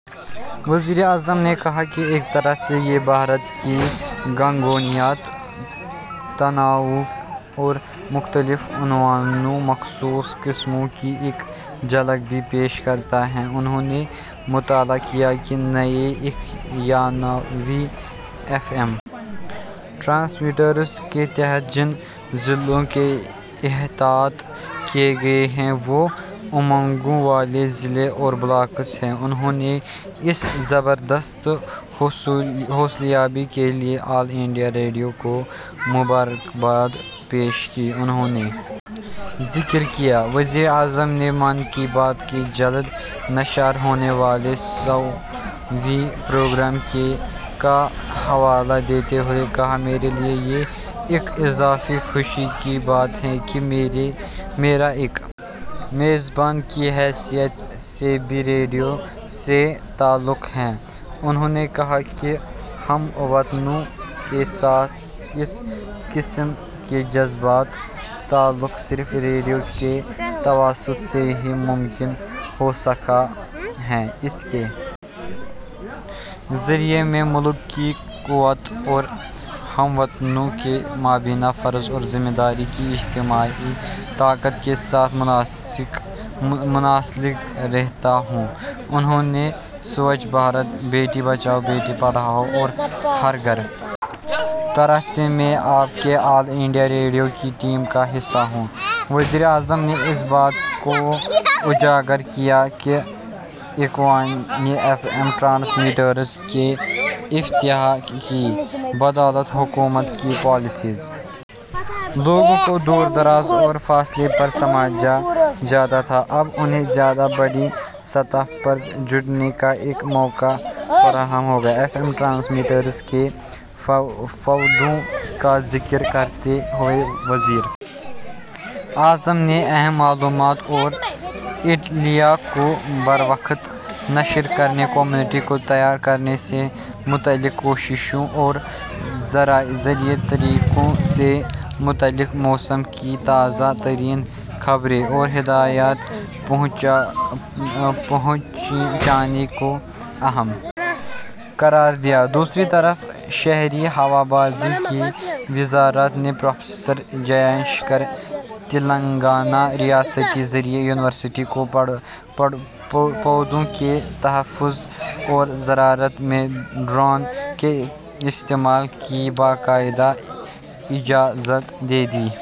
وزیر اعظم نے کہا ایک طرح سے یہ بھارت کی گوناگونیت تنوع اور مختلف النوع مخصوص قسموں کی ایک جھلک بھی پیش کرتا ہے انہوں نے مطلع کیا کہ نئے اکانوے ایف ایم ٹرانسمیٹرس کے تحت جن اضلاع کا احاطہ کیا گیا ہے وہ امنگوں والے اضلاع اور بلاکس ہیں انہوں نے اس زبردست حصولیابی کے لیے آل انڈیا ریڈیو کو مبارکباد پیش کی انہوں نے ذکر کیا وزیر اعظم نے من کی بات کے جلد نشر ہونے والے سو ویں پروگرام کا حوالہ دیتے ہوئے کہا میرے لیے یہ ایک اضافی خوشی کی بات ہے کہ میرا ایک میزبان کی حیثیت سے بھی ریڈیو سے تعلق ہے انہوں نے کہا ہم وطنوں کے ساتھ اس قسم کا جذباتی تعلق صرف ریڈیو کے توسط سے ہی ممکن ہو سکا ہے اس کے ذریعہ میں ملک کی قوت اور ہم وطنوں کے مابین فرض اور ذمہ داری کی اجتماعی طاقت کے ساتھ منسلک رہتا ہوں انہوں نے سوچھ بھارت بیٹی بچاؤ بیٹی پڑھاؤ اور ہر گھر طرح سے میں آپ کے آل انڈیا ریڈیو کی ٹیم کا حصہ ہوں وزیر اعظم نے اس بات کو اجاگر کیا کہ اکانوے ایف ایم ٹرانسمیٹرس کے افتتاح کی بدولت حکومت کی پالیسیوں لوگوں کو دور دراز اور فاصلے پر سمجھا جاتا تھا اب انہیں زیادہ بڑی سطح پر جڑنے کا ایک موقع فراہم ہو گا ایف ایم ٹرانسمیٹرس کے فائدوں کا ذکر کرتے ہوئے وزیر اعظم نے اہم معلومات اور اطلاع کو بروقت نشر کرنے کمیونٹی کو تیار کرنے سے متعلق کوششوں اور زرعی طور طریقوں سے متعلق موسم کی تازہ ترین خبریں اور ہدایات پہنچانے کو اہم قرار دیا دوسری طرف شہری ہوابازی کی وزارت نے پروفیسر جے شنکر تلنگانہ ریاستی زرعی یونیورسٹی کو پودوں کی تحفظ اور زراعت میں ڈرون کے استعمال کی باضابطہ اجازت دے دی ہے